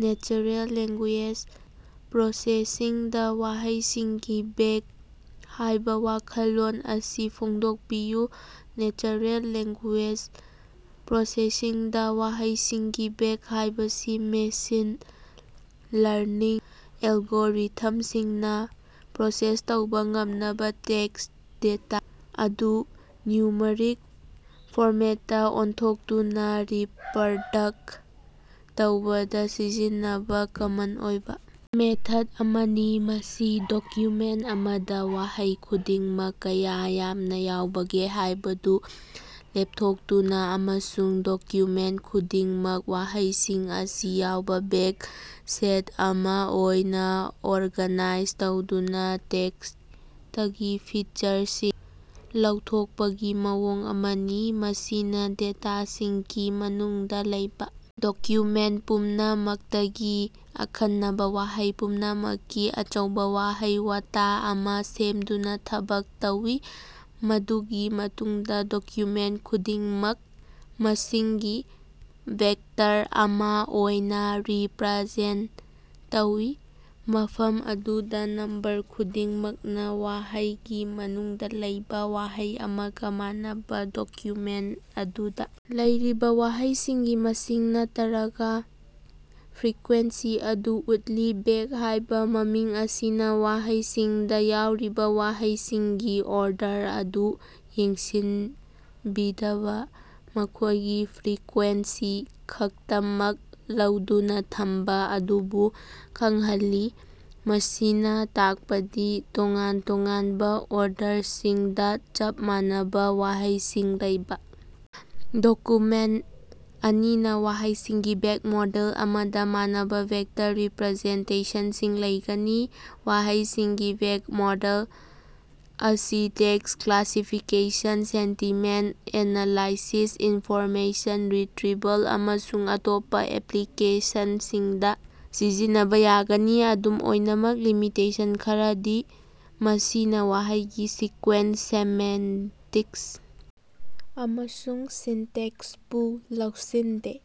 Natural language ꯄ꯭ꯔꯣꯁꯦꯁꯤꯡꯗꯥ ꯋꯥꯍꯩꯁꯤꯡꯒꯤ bag ꯍꯥꯏꯕ ꯋꯥꯈꯜꯂꯣꯟ ꯑꯁꯤ ꯐꯣꯡꯗꯣꯛꯄꯤꯌꯨ꯫ ꯅꯦꯆꯔꯦꯜ ꯂꯦꯡꯒꯨꯌꯦꯖ ꯄ꯭ꯔꯣꯁꯦꯁꯤꯡ ꯗꯥ ꯋꯥꯍꯩꯁꯤꯡꯒꯤ ꯕꯦꯒ ꯍꯥꯏꯕꯁꯤ ꯃꯦꯁꯤꯟ ꯂꯔꯅꯤꯡ ꯑꯦꯜꯒꯣꯔꯤꯊꯝꯁꯤꯡꯅ ꯄ꯭ꯔꯣꯁꯦꯁ ꯇꯧꯕ ꯉꯝꯅꯕ ꯇꯦꯛꯁ ꯗꯦꯇꯥ ꯑꯗꯨ ꯅ꯭ꯌꯨꯃꯔꯤꯛ ꯐꯣꯔꯃꯦꯠꯇꯥ ꯑꯣꯟꯊꯣꯛꯇꯨꯅ ꯔꯤꯄꯔꯗꯛ ꯇꯧꯕꯗ ꯁꯤꯖꯤꯟꯅꯕ ꯀꯃꯟ ꯑꯣꯏꯕ ꯃꯦꯊꯗ ꯑꯃꯅꯤ꯫ ꯃꯁꯤ ꯗꯣꯀ꯭ꯌꯨꯃꯦꯟ ꯑꯃꯗ ꯋꯥꯍꯩ ꯈꯨꯗꯤꯡꯃꯛ ꯀꯌꯥ ꯌꯥꯝꯅ ꯌꯥꯎꯕꯒꯦ ꯍꯥꯏꯕꯗꯨ ꯂꯦꯞꯊꯣꯛꯇꯨꯅ, ꯑꯃꯁꯨꯡ ꯗꯣꯀ꯭ꯌꯨꯃꯦꯟ ꯈꯨꯗꯤꯡꯃꯛ ꯋꯥꯍꯩꯁꯤꯡ ꯑꯁꯤ ꯌꯥꯎꯕꯥ ꯕꯦꯒ ꯁꯦꯠ ꯑꯃꯥ ꯑꯣꯏꯅꯥ ꯑꯣꯔꯒꯥꯅꯥꯏꯖ ꯇꯧꯗꯨꯅ ꯇꯦꯛꯁꯇꯒꯤ ꯐꯤꯆꯔꯁꯤꯡ ꯂꯧꯊꯣꯛꯄꯒꯤ ꯃꯑꯣꯡ ꯑꯃꯅꯤ꯫ ꯃꯁꯤꯅ ꯗꯦꯇꯥꯁꯤꯡꯀꯤ ꯃꯅꯨꯡꯗ ꯂꯩꯕꯥ ꯗꯣꯀ꯭ꯌꯨꯃꯦꯟ ꯄꯨꯝꯅꯃꯛꯇꯒꯤ ꯑꯈꯟꯅꯕ ꯋꯥꯍꯩ ꯄꯨꯝꯅꯃꯛꯀꯤ ꯑꯆꯧꯕ ꯋꯥꯍꯩ-ꯋꯥꯇꯥ ꯑꯃꯥ ꯁꯦꯝꯗꯨꯅ ꯊꯕꯛ ꯇꯧꯏ, ꯃꯗꯨꯒꯤ ꯃꯇꯨꯡꯗ ꯗꯣꯀ꯭ꯌꯨꯃꯦꯟ ꯈꯨꯗꯤꯡꯃꯛ ꯃꯁꯤꯡꯒꯤ ꯚꯦꯛꯇꯔ ꯑꯃꯥ ꯑꯣꯏꯅꯥ ꯔꯤꯄꯔꯖꯦꯟ ꯇꯧꯏ, ꯃꯐꯝ ꯑꯗꯨꯗ ꯅꯝꯕꯔ ꯈꯨꯗꯤꯡꯃꯛꯅ ꯋꯥꯍꯩꯒꯤ ꯃꯅꯨꯡꯗ ꯂꯩꯕꯥ ꯋꯥꯍꯩ ꯑꯃꯒ ꯃꯥꯟꯅꯕ ꯗꯣꯀ꯭ꯌꯨꯃꯦꯟ ꯑꯗꯨꯗꯥ ꯂꯩꯔꯤꯕ ꯋꯥꯍꯩꯁꯤꯡꯒꯤ ꯃꯁꯤꯡ ꯅꯠꯇꯔꯒ ꯐ꯭ꯔꯤꯀ꯭ꯋ‌ꯦꯟꯁꯤ ꯑꯗꯨ ꯎꯠꯂꯤ꯫ ꯕꯦꯒ ꯍꯥꯏꯕ ꯃꯃꯤꯡ ꯑꯁꯤꯅ ꯋꯥꯍꯩꯁꯤꯡꯗ ꯌꯥꯎꯔꯤꯕ ꯋꯥꯍꯩꯁꯤꯡꯒꯤ ꯑꯣꯔꯗꯔ ꯑꯗꯨ ꯌꯦꯡꯁꯤꯟꯕꯤꯗꯕ, ꯃꯈꯣꯏꯒꯤ ꯐ꯭ꯔꯤꯀ꯭ꯋ‌ꯦꯟꯁꯤ ꯈꯛꯇꯃꯛ ꯂꯧꯗꯨꯅ ꯊꯝꯕ ꯑꯗꯨꯕꯨ ꯈꯪꯍꯜꯂꯤ꯫ ꯃꯁꯤꯅ ꯇꯥꯛꯄꯗꯤ ꯇꯣꯉꯥꯟ ꯇꯣꯉꯥꯟꯕ ꯑꯣꯔꯗꯔꯁꯤꯡꯗ ꯆꯞ ꯃꯥꯟꯅꯕ ꯋꯥꯍꯩꯁꯤꯡ ꯂꯩꯕ ꯗꯣꯀꯨꯃꯦꯟ ꯑꯅꯤꯅ ꯋꯥꯍꯩꯁꯤꯡꯒꯤ ꯕꯦꯒ ꯃꯣꯗꯦꯜ ꯑꯃꯗ ꯃꯥꯟꯅꯕ ꯚꯦꯛꯇꯔ ꯔꯤꯄꯔꯖꯦꯟꯇꯦꯁꯟꯁꯤꯡ ꯂꯩꯒꯅꯤ꯫ ꯋꯥꯍꯩꯁꯤꯡꯒꯤ ꯕꯦꯒ ꯃꯣꯗꯦꯜ ꯑꯁꯤ text classification, sentiment analysis, information retrieval ꯑꯃꯁꯨꯡ ꯑꯇꯣꯞꯄ ꯑꯦꯄꯂꯤꯀꯦꯁꯟꯁꯤꯡꯗꯥ ꯁꯤꯖꯤꯟꯅꯕ ꯌꯥꯒꯅꯤ꯫ ꯑꯗꯨꯝ ꯑꯣꯏꯅꯃꯛ, ꯂꯤꯃꯤꯇꯦꯁꯟ ꯈꯔꯗꯤ ꯃꯁꯤꯅꯥ ꯋꯥꯍꯩꯒꯤ ꯁꯤꯀ꯭ꯋ‌ꯦꯟꯁ, ꯁꯦꯃꯦꯟꯇꯤꯛꯁ ꯑꯃꯁꯨꯡ ꯁꯤꯟꯇꯦꯛꯁꯄꯨ ꯂꯧꯁꯤꯟꯗꯦ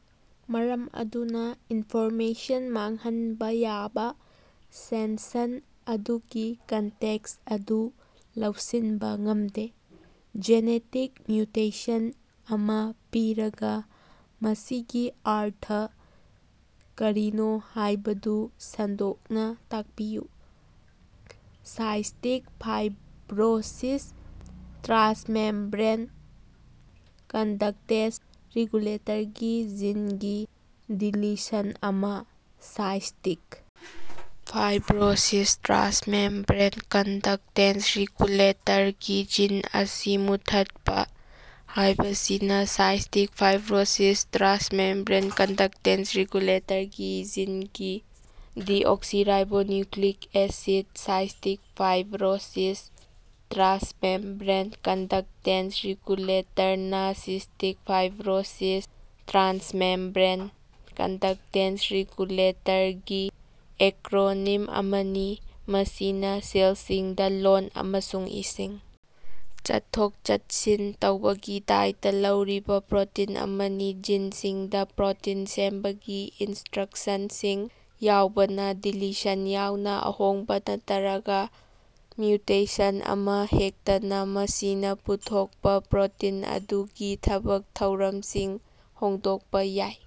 ꯃꯔꯝ ꯑꯗꯨꯅ ꯏꯟꯐꯣꯔꯃꯦꯁꯟ ꯃꯥꯡꯍꯟꯕ ꯌꯥꯕꯥ ꯁꯦꯟꯁꯟ ꯑꯗꯨꯒꯤ ꯀꯟꯇꯦꯛꯁ ꯑꯗꯨ ꯂꯧꯁꯤꯟꯕ ꯉꯝꯗꯦ꯫ ꯖꯦꯅꯦꯇꯤꯛ ꯃ꯭ꯌꯨꯇꯦꯁꯟ ꯑꯃꯥ ꯄꯤꯔꯒ, ꯃꯁꯤꯒꯤ ꯑꯔꯊ ꯀꯔꯤꯅꯣ ꯍꯥꯏꯕꯗꯨ ꯁꯟꯗꯣꯛꯅ ꯇꯥꯛꯄꯤꯌꯨ꯫ ꯁꯥꯏꯁꯇꯤꯛ ꯐꯥꯏꯕꯔ‌ꯣꯁꯤꯁ ꯇ꯭ꯔꯥꯁꯃ‌ꯦꯝꯕ꯭ꯔ‌ꯦꯟ ꯀꯟꯗꯛꯇ‌ꯦꯁ ꯔꯤꯒꯨꯂ‌ꯦꯇꯔꯒꯤ ꯖꯤꯟꯒꯤ ꯗꯤꯂꯤꯁꯟ ꯑꯃꯥ꯫ ꯁꯥꯏꯁꯇꯤꯛ ꯐꯥꯏꯕꯔ‌ꯣꯁꯤꯁ ꯇ꯭ꯔꯥꯁꯃ‌ꯦꯝꯕ꯭ꯔ‌ꯦꯟ ꯀꯟꯗꯛꯇ‌ꯦꯟꯁ ꯔꯤꯒꯨꯂ‌ꯦꯇꯔꯒꯤ ꯖꯤꯟ ꯑꯁꯤ ꯃꯨꯠꯊꯠꯄ ꯍꯥꯏꯕꯁꯤꯅ ꯁꯥꯏꯁꯇꯤꯛ ꯐꯥꯏꯕꯔ‌ꯣꯁꯤꯁ ꯇ꯭ꯔꯥꯁꯃ‌ꯦꯝꯕ꯭ꯔ‌ꯦꯟ ꯀꯟꯗꯛꯇ‌ꯦꯟꯁ ꯔꯤꯒꯨꯂ‌ꯦꯇꯔꯒꯤ ꯖꯤꯟꯒꯤ deoxyribonucleic acid cystic fibrosis transmembrane conductance ꯔꯤꯒꯨꯂ‌ꯦꯇꯔꯅꯥ ꯁꯤꯁ꯭ꯇꯤꯛ ꯐꯥꯏꯕ꯭ꯔꯣꯁꯤꯁ ꯇ꯭ꯔꯥꯟꯁꯃꯦꯝꯕ꯭ꯔꯦꯟ ꯀꯟꯗꯛꯇ‌ꯦꯟꯁ ꯔꯤꯒꯨꯂꯦꯇꯔꯒꯤ ꯑꯦꯀꯔꯣꯅꯤꯝ ꯑꯃꯅꯤ, ꯃꯁꯤꯅ ꯁꯦꯜꯁꯤꯡꯗ ꯂꯣꯟ ꯑꯃꯁꯨꯡ ꯏꯁꯤꯡ ꯆꯠꯊꯣꯛ-ꯆꯠꯁꯤꯟ ꯇꯧꯕꯒꯤ ꯗꯥꯏꯇ ꯂꯧꯔꯤꯕꯥ ꯄ꯭ꯔꯣꯇꯤꯟ ꯑꯃꯅꯤ꯫ ꯖꯤꯟꯁꯤꯡꯗ ꯄ꯭ꯔꯣꯇꯤꯟ ꯁꯦꯝꯕꯒꯤ ꯏꯟꯁ꯭ꯇꯔꯛꯁꯟꯁꯤꯡ ꯌꯥꯎꯕꯅ, ꯗꯤꯂꯤꯁꯟ ꯌꯥꯎꯅ ꯑꯍꯣꯡꯕ ꯅꯠꯇꯔꯒ ꯃ꯭ꯌꯨꯇꯦꯁꯟ ꯑꯃꯍꯦꯛꯇꯅ ꯃꯁꯤꯅ ꯄꯨꯊꯣꯛꯄꯥ ꯄ꯭ꯔꯣꯇꯤꯟ ꯑꯗꯨꯒꯤ ꯊꯕꯛ ꯊꯧꯔꯝꯁꯤꯡ ꯍꯣꯡꯗꯣꯛꯄ ꯌꯥꯏ꯫